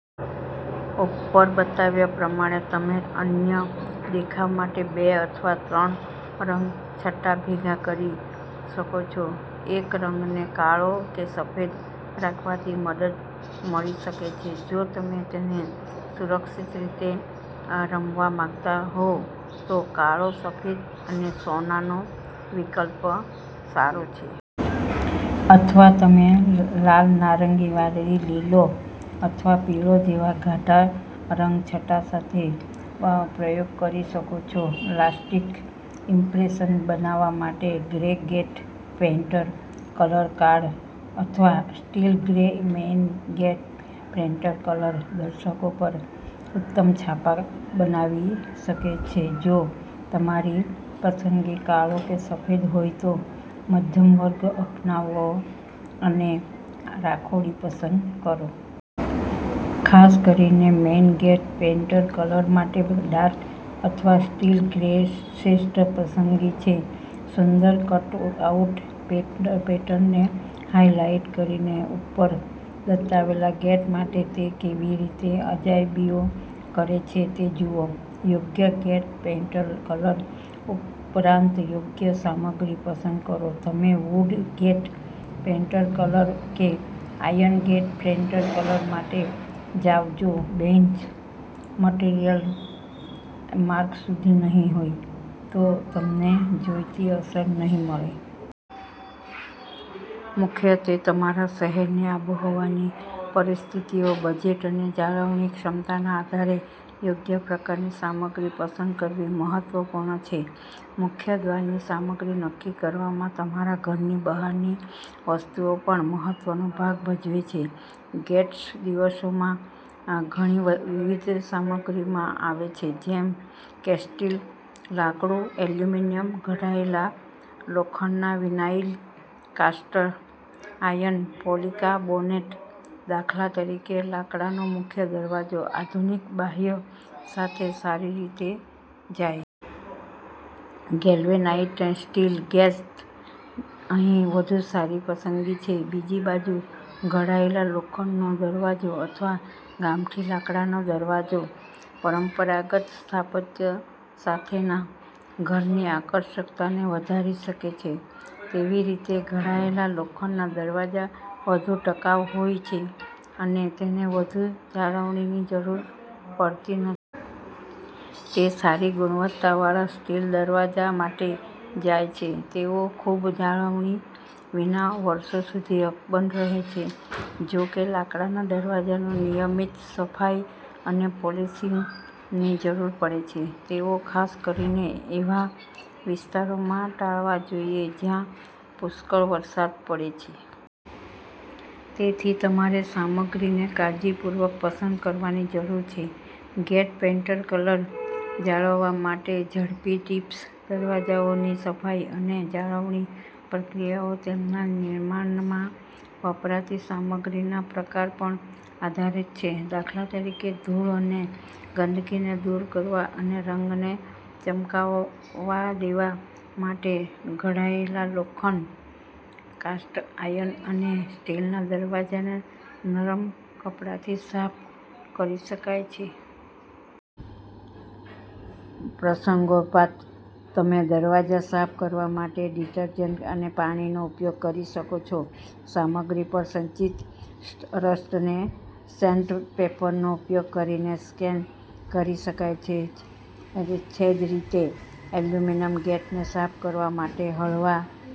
ઉપર બતાવ્યા પ્રમાણે, તમે અનન્ય દેખાવ માટે બે અથવા ત્રણ રંગછટા ભેગા કરી શકો છો. એક રંગને કાળો કે સફેદ રાખવાથી મદદ મળી શકે છે. જો તમે તેને સુરક્ષિત રીતે રમવા માંગતા હો, તો કાળો, સફેદ અને સોનાનો વિકલ્પ સારો છે. અથવા તમે લાલનારંગી, વાદળી, લીલો અથવા પીળો જેવા ઘાટા રંગછટા સાથે પ્રયોગ કરી શકો છો. લાસ્ટિંગ ઇમ્પ્રેશન બનાવવા માટે grey gate paint colour dark અથવા steel grey main gate paint colour દર્શકો પર ઉત્તમ છાપ બનાવી શકે છે જો તમારી પસંદગી કાળો કે સફેદહોય તો મધ્યમ માર્ગ અપનાવો અને રાખોડી પસંદ કરો. ખાસ કરીને મેઈન ગેટ પેઈન્ટ કલર માટે ડાર્ક અથવા સ્ટીલ ગ્રેશ્રેષ્ઠ પસંદગી છે. સુંદર કટ-આઉટ પેટર્નને હાઇલાઇટ કરીને, ઉપર બતાવેલ ગેટ માટે તે કેવી રીતે અજાયબીઓ કરે છે તે જુઓ. યોગ્ય ગેટ પેઇન્ટ કલર ઉપરાંતયોગ્ય સામગ્રી પસંદ કરો તમે વૂડ ગેટ પેઈન્ટ કલર કે આયર્ન ગેટ પેઈન્ટ કલર માટે જાવજો બેઝ મટીરીયલ માર્ક સુધી નહીં હોય, તો તમને જોઈતી અસર નહીં મળે. મુખ્યત્વે તમારા શહેરની આબોહવાની પરિસ્થિતિઓ, બજેટ અને જાળવણી ક્ષમતાના આધારે યોગ્ય પ્રકારની સામગ્રી પસંદ કરવી મહત્વપૂર્ણ છે. મુખ્ય દ્વારની સામગ્રી નક્કી કરવામાં તમારા ઘરની બહારની વસ્તુઓ પણ મહત્વનો ભાગ ભજવે છે. ગેટ્સદિવસોમાં ઘણી વિવિધ સામગ્રીમાં આવે છે જેમ કેસ્ટીલ લાકડું એલ્યુમિનિયમ ઘડાયેલા લોખંડમાં વિનાઇલ કાસ્ટ આયર્ન પોલીકાર્બોનેટ દાખલા તરીકે, લાકડાનો મુખ્ય દરવાજો આધુનિક બાહ્ય સાથે સારી રીતેજાય. ગેલ્વેનાઈઝ્ડ સ્ટીલ ગેટ અહીં વધુ સારી પસંદગી છે. બીજી બાજુ, ઘડાયેલ લોખંડનો દરવાજો અથવા ગામઠી લાકડાનો દરવાજો, પરંપરાગત સ્થાપત્ય સાથેના ઘરની આકર્ષકતાને વધારી શકે છે. તેવીરીતે, ઘડાયેલા લોખંડના દરવાજા વધુ ટકાઉ હોય છે અને તેને વધુ જાળવણીની જરૂર પડતી નથી. તેસારી ગુણવત્તાવાળા સ્ટીલ દરવાજા માટે જાય છે. તેઓ ખૂબ જાળવણી વિના વર્ષો સુધી અકબંધ રહે છે. જો કે, લાકડાના દરવાજાને નિયમિત સફાઈ અને પોલિશિંગની જરૂર પડે છે. તેઓ ખાસ કરીને એવા વિસ્તારોમાં ટાળવા જોઈએ જ્યાં પુષ્કળ વરસાદ પડે છે. તેથી, તમારે સામગ્રીને કાળજીપૂર્વક પસંદ કરવાની જરૂર છે. ગેટ પેઇન્ટ કલર જાળવવા માટે ઝડપી ટીપ્સ દરવાજાઓની સફાઈ અને જાળવણી પ્રક્રિયાઓ તેમના નિર્માણમાં વપરાતી સામગ્રીના પ્રકાર પર આધારિત છે. દાખલા તરીકે, ધૂળ અને ગંદકીને દૂર કરવા અને રંગને ચમકવા દેવા માટે ઘડાયેલ લોખંડ, કાસ્ટ આયર્ન અને સ્ટીલના દરવાજાને નરમ કપડાથી સાફ કરી શકાય છે. પ્રસંગોપાત, તમેદરવાજા સાફ કરવા માટે ડીટરજન્ટ અને પાણીનો ઉપયોગ કરી શકો છો. સામગ્રી પર સંચિત રસ્ટને સેન્ડપેપરનો ઉપયોગ કરીને સ્ક્રેપ કરી શકાય છે. જ રીતે, એલ્યુમિનિયમ ગેટને સાફ કરવા માટે હળવા